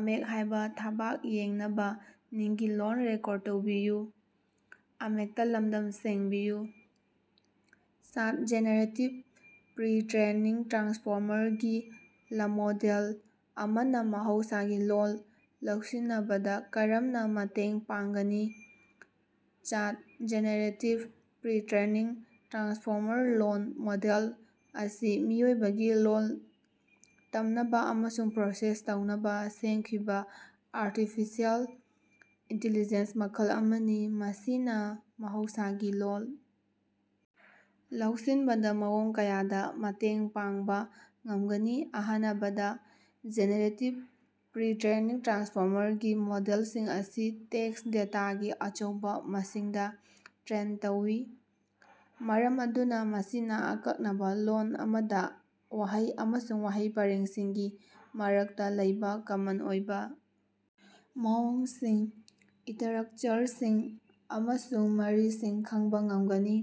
ꯆꯥꯠ generative pretrained transformer ꯒꯤ ꯂꯃꯣꯗꯦꯜ ꯑꯃꯅꯥ ꯃꯍꯧꯁꯥꯒꯤ ꯂꯣꯜ ꯂꯧꯁꯤꯅꯕꯗꯥ ꯀꯔꯝꯅꯥ ꯃꯇꯦꯡ ꯄꯥꯡꯒꯅꯤ? ꯆꯥꯠ ꯖꯦꯅꯦꯔꯦꯇꯤꯕ ꯄ꯭ꯔꯤ-ꯇ꯭ꯔꯦꯅꯤꯡ ꯇ꯭ꯔꯥꯟꯁꯐꯣꯔꯃꯔ ꯂꯣꯜ ꯃꯣꯗꯦꯜ ꯑꯁꯤ ꯃꯤꯑꯣꯏꯕꯒꯤ ꯂꯣꯜ ꯇꯝꯅꯕꯥ ꯑꯃꯁꯨꯡ ꯄ꯭ꯔꯣꯁꯦꯁ ꯇꯧꯅꯕꯥ ꯁꯦꯝꯈꯤꯕꯥ ꯑꯥꯔꯇꯤꯐꯤꯁꯤꯑꯦꯜ ꯏꯟꯇꯦꯂꯤꯖꯦꯟ꯭ꯁ ꯃꯈꯜ ꯑꯃꯅꯤ꯫ ꯃꯁꯤꯅꯥ ꯃꯍꯧꯁꯥꯒꯤ ꯂꯣꯜ ꯂꯧꯁꯤꯟꯕꯗꯥ ꯃꯑꯣꯡ ꯀꯌꯥꯗꯥ ꯃꯇꯦꯡ ꯄꯥꯡꯕꯥ ꯉꯝꯒꯅꯤ: ꯑꯍꯥꯅꯕꯗꯥ, ꯖꯦꯅꯦꯔꯦꯇꯤꯕ ꯄ꯭ꯔꯤ-ꯇ꯭ꯔꯦꯅꯤꯡ ꯇ꯭ꯔꯥꯟꯁꯐꯣꯔꯃꯔ ꯒꯤ ꯃꯣꯗꯦꯜꯁꯤꯡ ꯑꯁꯤ ꯇꯦꯛ꯭ꯁ ꯗꯦꯇꯥꯒꯤ ꯑꯆꯧꯕꯥ ꯃꯁꯤꯡꯗꯥ ꯇ꯭ꯔꯦꯟ ꯇꯧꯏ, ꯃꯔꯝ ꯑꯗꯨꯅꯥ ꯃꯁꯤꯅꯥ ꯑꯀꯛꯅꯕꯥ ꯂꯣꯜ ꯑꯃꯗꯥ ꯋꯥꯍꯩ ꯑꯃꯁꯨꯡ ꯋꯥꯍꯩ ꯄꯔꯦꯡꯁꯤꯡꯒꯤ ꯃꯔꯛꯇꯥ ꯂꯩꯕꯥ ꯀꯃꯟ ꯑꯣꯏꯕꯥ ꯃꯑꯣꯡꯁꯤꯡ, ꯏꯇ꯭ꯔꯛꯆꯔꯁꯤꯡ, ꯑꯃꯁꯨꯡ ꯃꯔꯤꯁꯤꯡ ꯈꯡꯕꯥ ꯉꯝꯒꯅꯤ꯫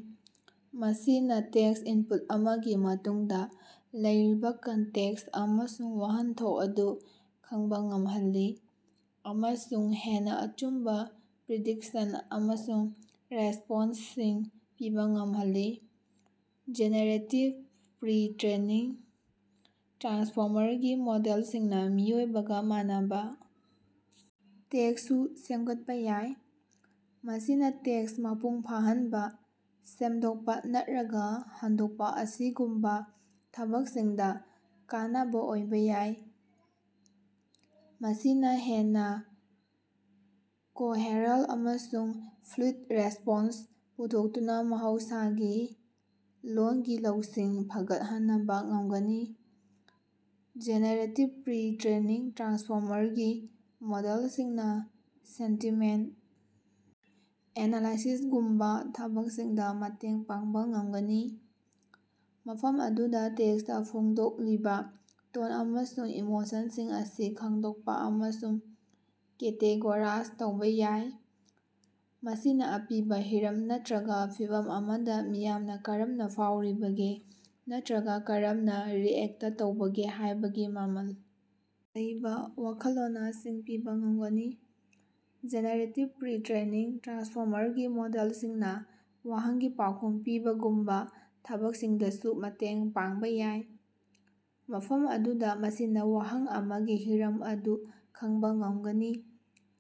ꯃꯁꯤꯅꯥ ꯇꯦꯛ꯭ꯁ ꯏꯟꯄꯨꯠ ꯑꯃꯒꯤ ꯃꯇꯨꯡꯗꯥ ꯂꯩꯔꯤꯕꯥ ꯀꯟꯇꯦꯛ꯭ꯁ ꯑꯃꯁꯨꯡ ꯋꯍꯟꯊꯣꯛ ꯑꯗꯨ ꯈꯡꯕꯥ ꯉꯝꯍꯜꯂꯤ ꯑꯃꯁꯨꯡ ꯍꯦꯟꯅꯥ ꯑꯆꯨꯝꯕꯥ ꯄ꯭ꯔꯤꯗꯤꯛꯁꯟ ꯑꯃꯁꯨꯡ ꯔꯦꯁꯄꯣꯟ꯭ꯁꯁꯤꯡ ꯄꯤꯕꯥ ꯉꯝꯍꯜꯂꯤ꯫ ꯖꯦꯅꯦꯔꯦꯇꯤꯕ ꯄ꯭ꯔꯤ-ꯇ꯭ꯔꯦꯅꯤꯡ ꯇ꯭ꯔꯥꯟꯁꯐꯣꯔꯃꯔ ꯒꯤ ꯃꯣꯗꯦꯂꯁꯤꯡꯅꯥ ꯃꯤꯑꯣꯏꯕꯒꯥ ꯃꯥꯟꯅꯕꯥ ꯇꯦꯛ꯭꯭ꯁꯁꯨ ꯁꯦꯝꯒꯠꯄꯥ ꯌꯥꯏ, ꯃꯁꯤꯅꯥ ꯇꯦꯛꯁ ꯃꯄꯨꯡ ꯐꯥꯍꯟꯕꯥ, ꯁꯦꯝꯗꯣꯛꯄꯥ, ꯅꯠꯔꯒꯥ ꯍꯟꯗꯣꯛꯄꯥ ꯑꯁꯤꯒꯨꯝꯕꯥ ꯊꯕꯛꯁꯤꯡꯗꯥ ꯀꯥꯟꯅꯕꯥ ꯑꯣꯏꯕꯥ ꯌꯥꯏ꯫ ꯃꯁꯤꯅꯥ ꯍꯦꯟꯅꯥ ꯀꯣꯍꯦꯔꯦꯜ ꯑꯃꯁꯨꯡ ꯐ꯭ꯂꯨꯏꯗ ꯔꯦꯁꯄꯣꯟ꯭ꯁ ꯄꯨꯊꯣꯛꯇꯨꯅꯥ ꯃꯍꯧꯁꯥꯒꯤ ꯂꯣꯟꯒꯤ ꯂꯧꯁꯤꯡ ꯐꯒꯠꯍꯟꯅꯕꯥ ꯉꯃꯒꯅꯤ꯫ ꯖꯦꯅꯦꯔꯦꯇꯤꯕ ꯄ꯭ꯔꯤ-ꯇ꯭ꯔꯦꯅꯤꯡ ꯇ꯭ꯔꯥꯟꯁꯐꯣꯔꯃꯔ ꯒꯤ ꯃꯣꯗꯦꯜꯁꯤꯡꯅꯥ ꯁꯦꯟꯇꯤꯃꯦꯟꯇ ꯑꯦꯅꯥꯂꯥꯏꯁꯤꯁꯒꯨꯝꯕꯥ ꯊꯕꯛꯁꯤꯡꯗꯥ ꯃꯇꯦꯡ ꯄꯥꯡꯕꯥ ꯉꯝꯒꯅꯤ, ꯃꯐꯝ ꯑꯗꯨꯗꯥ ꯇꯦꯛ꯭ꯁꯇꯥ ꯐꯣꯡꯗꯣꯛꯂꯤꯕꯥ ꯇꯣꯟ ꯑꯃꯁꯨꯡ ꯏꯃꯣꯁꯟꯁꯤꯡ ꯑꯁꯤ ꯈꯡꯗꯣꯛꯄꯥ ꯑꯃꯁꯨꯡ ꯀꯦꯇꯦꯒꯣꯔꯥ꯭ꯖ ꯇꯧꯕꯥ ꯌꯥꯏ꯫ ꯃꯁꯤꯅꯥ ꯑꯄꯤꯕꯥ ꯍꯤꯔꯝ ꯅꯠꯇ꯭ꯔꯒꯥ ꯐꯤꯚꯝ ꯑꯃꯗꯥ ꯃꯤꯌꯥꯝꯅꯥ ꯀꯔꯝꯅꯥ ꯐꯥꯎꯔꯤꯕꯒꯦ ꯅꯠꯇ꯭ꯔꯒꯥ ꯀꯔꯝꯅꯥ ꯔꯤꯑꯦꯛꯇ ꯇꯧꯕꯒꯦ ꯍꯥꯌꯕꯒꯤ ꯃꯃꯜ ꯂꯩꯕꯥ ꯋꯥꯈꯜꯂꯣꯅꯁꯤꯡ ꯄꯤꯕꯥ ꯉꯝꯒꯅꯤ꯫ ꯖꯦꯅꯦꯔꯦꯇꯤꯕ ꯄ꯭ꯔꯤ-ꯇ꯭ꯔꯦꯅꯤꯡ ꯇ꯭ꯔꯥꯟꯁꯐꯣꯔꯃꯔ ꯒꯤ ꯃꯣꯗꯦꯂꯁꯤꯡꯅꯥ ꯋꯥꯍꯪꯒꯤ ꯄꯥꯎꯈꯨꯝ ꯄꯤꯕꯒꯨꯝꯕꯥ ꯊꯕꯛꯁꯤꯡꯗꯁꯨ ꯃꯇꯦꯡ ꯄꯥꯡꯕꯥ ꯌꯥꯏ, ꯃꯐꯝ ꯑꯗꯨꯗꯥ ꯃꯁꯤꯅꯥ ꯋꯥꯍꯪ ꯑꯃꯒꯤ ꯍꯤꯔꯝ ꯑꯗꯨ ꯈꯡꯕꯥ ꯉꯝꯒꯅꯤ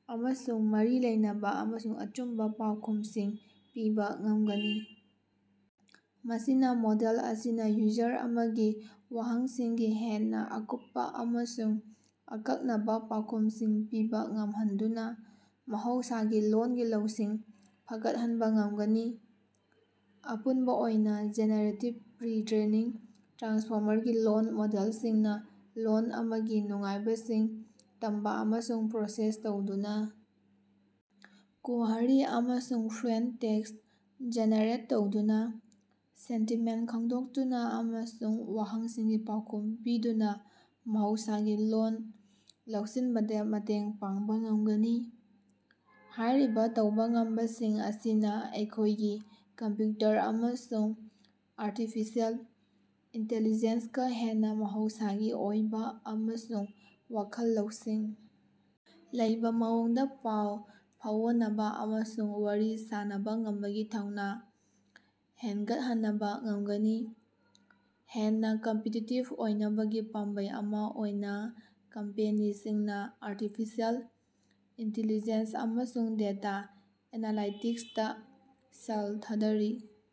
ꯑꯃꯁꯨꯡ ꯃꯔꯤ ꯂꯩꯅꯕꯥ ꯑꯃꯁꯨꯡ ꯑꯆꯨꯝꯕꯥ ꯄꯥꯎꯈꯨꯃꯁꯤꯡ ꯄꯤꯕꯥ ꯉꯝꯒꯅꯤ꯫ ꯃꯁꯤꯅꯥ ꯃꯣꯗꯦꯜ ꯑꯁꯤꯅꯥ ꯌꯨꯖꯔ ꯑꯃꯒꯤ ꯋꯥꯍꯪꯁꯤꯡꯒꯤ ꯍꯦꯟꯅꯥ ꯑꯀꯨꯞꯄꯥ ꯑꯃꯁꯨꯡ ꯑꯀꯛꯅꯕꯥ ꯄꯥꯎꯈꯨꯃꯁꯤꯡ ꯄꯤꯕꯥ ꯉꯝꯍꯟꯗꯨꯅꯥ ꯃꯍꯧꯁꯥꯒꯤ ꯂꯣꯜꯒꯤ ꯂꯧꯁꯤꯡ ꯐꯒꯠꯍꯟꯕꯥ ꯉꯝꯒꯅꯤ꯫ ꯑꯄꯨꯟꯕꯥ ꯑꯣꯏꯅꯥ, ꯖꯦꯅꯦꯔꯦꯇꯤꯕ ꯄ꯭ꯔꯤ-ꯇ꯭ꯔꯦꯅꯤꯡ ꯇ꯭ꯔꯥꯟꯁꯐꯣꯔꯃꯔ ꯒꯤ ꯂꯣꯜ ꯃꯣꯗꯦꯂꯁꯤꯡꯅꯥ ꯂꯣꯜ ꯑꯃꯒꯤ ꯅꯨꯡꯉꯥꯏꯕꯁꯤꯡ ꯇꯝꯕꯥ ꯑꯃꯁꯨꯡ ꯄ꯭ꯔꯣꯁꯦꯁ ꯇꯧꯗꯨꯅꯥ, ꯀꯣꯍꯔꯤ ꯑꯃꯁꯨꯡ ꯐ꯭ꯂꯨꯑꯦꯟꯇ ꯇꯦꯛꯁ ꯖꯦꯅꯦꯔꯦꯠ ꯇꯧꯗꯨꯅꯥ, ꯁꯦꯟꯇꯤꯃꯦꯟꯇ ꯈꯉꯗꯣꯛꯇꯨꯅꯥ, ꯑꯃꯁꯨꯡ ꯋꯥꯍꯪꯁꯤꯡꯒꯤ ꯄꯥꯎꯈꯨꯝ ꯄꯤꯗꯨꯅꯥ ꯃꯍꯧꯁꯥꯒꯤ ꯂꯣꯜ ꯂꯧꯁꯤꯟꯕꯗꯥ ꯃꯇꯦꯡ ꯄꯥꯡꯕꯥ ꯉꯃꯒꯅꯤ꯫ ꯍꯥꯏꯔꯤꯕꯥ ꯇꯧꯕꯥ ꯉꯝꯕꯁꯤꯡ ꯑꯁꯤꯅꯥ ꯑꯩꯈꯣꯌꯒꯤ ꯀꯝꯞꯌꯨꯇꯔ ꯑꯃꯁꯨꯡ ꯑꯥꯔꯇꯤꯐꯤꯁꯤꯑꯦꯜ ꯏꯟꯇꯦꯂꯤꯖꯦꯟꯁꯀꯥ ꯍꯦꯟꯅꯥ ꯃꯍꯧꯁꯥꯒꯤ ꯑꯣꯏꯕꯥ ꯑꯃꯁꯨꯡ ꯋꯥꯈꯜ ꯂꯧꯁꯤꯡ ꯂꯩꯕꯥ ꯃꯑꯣꯡꯗꯥ ꯄꯥꯎ ꯐꯥꯑꯣꯅꯕꯥ ꯑꯃꯁꯨꯡ ꯋꯥꯔꯤ ꯁꯥꯅꯕꯥ ꯉꯝꯕꯒꯤ ꯊꯧꯅꯥ ꯍꯦꯟꯒꯠꯍꯅꯕꯥ ꯉꯝꯒꯅꯤ꯫ ꯍꯦꯟꯅꯥ ꯀꯝꯄꯤꯇꯤꯇꯤꯕ ꯑꯣꯏꯅꯕꯒꯤ ꯄꯥꯝꯕꯩ ꯑꯃꯥ ꯑꯣꯏꯅꯥ ꯀꯝꯄꯦꯅꯤꯁꯤꯡꯅꯥ ꯑꯥꯔꯇꯤꯐꯤꯁꯤꯑꯦꯜ ꯏꯟꯇꯤꯂꯤꯖꯦꯟ꯭ꯁ ꯑꯃꯁꯨꯡ ꯗꯦꯇꯥ ꯑꯦꯅꯥꯂꯥꯏꯇꯤꯛ꯭ꯁꯇꯥ ꯁꯦꯜ ꯊꯥꯗꯔꯤ꯫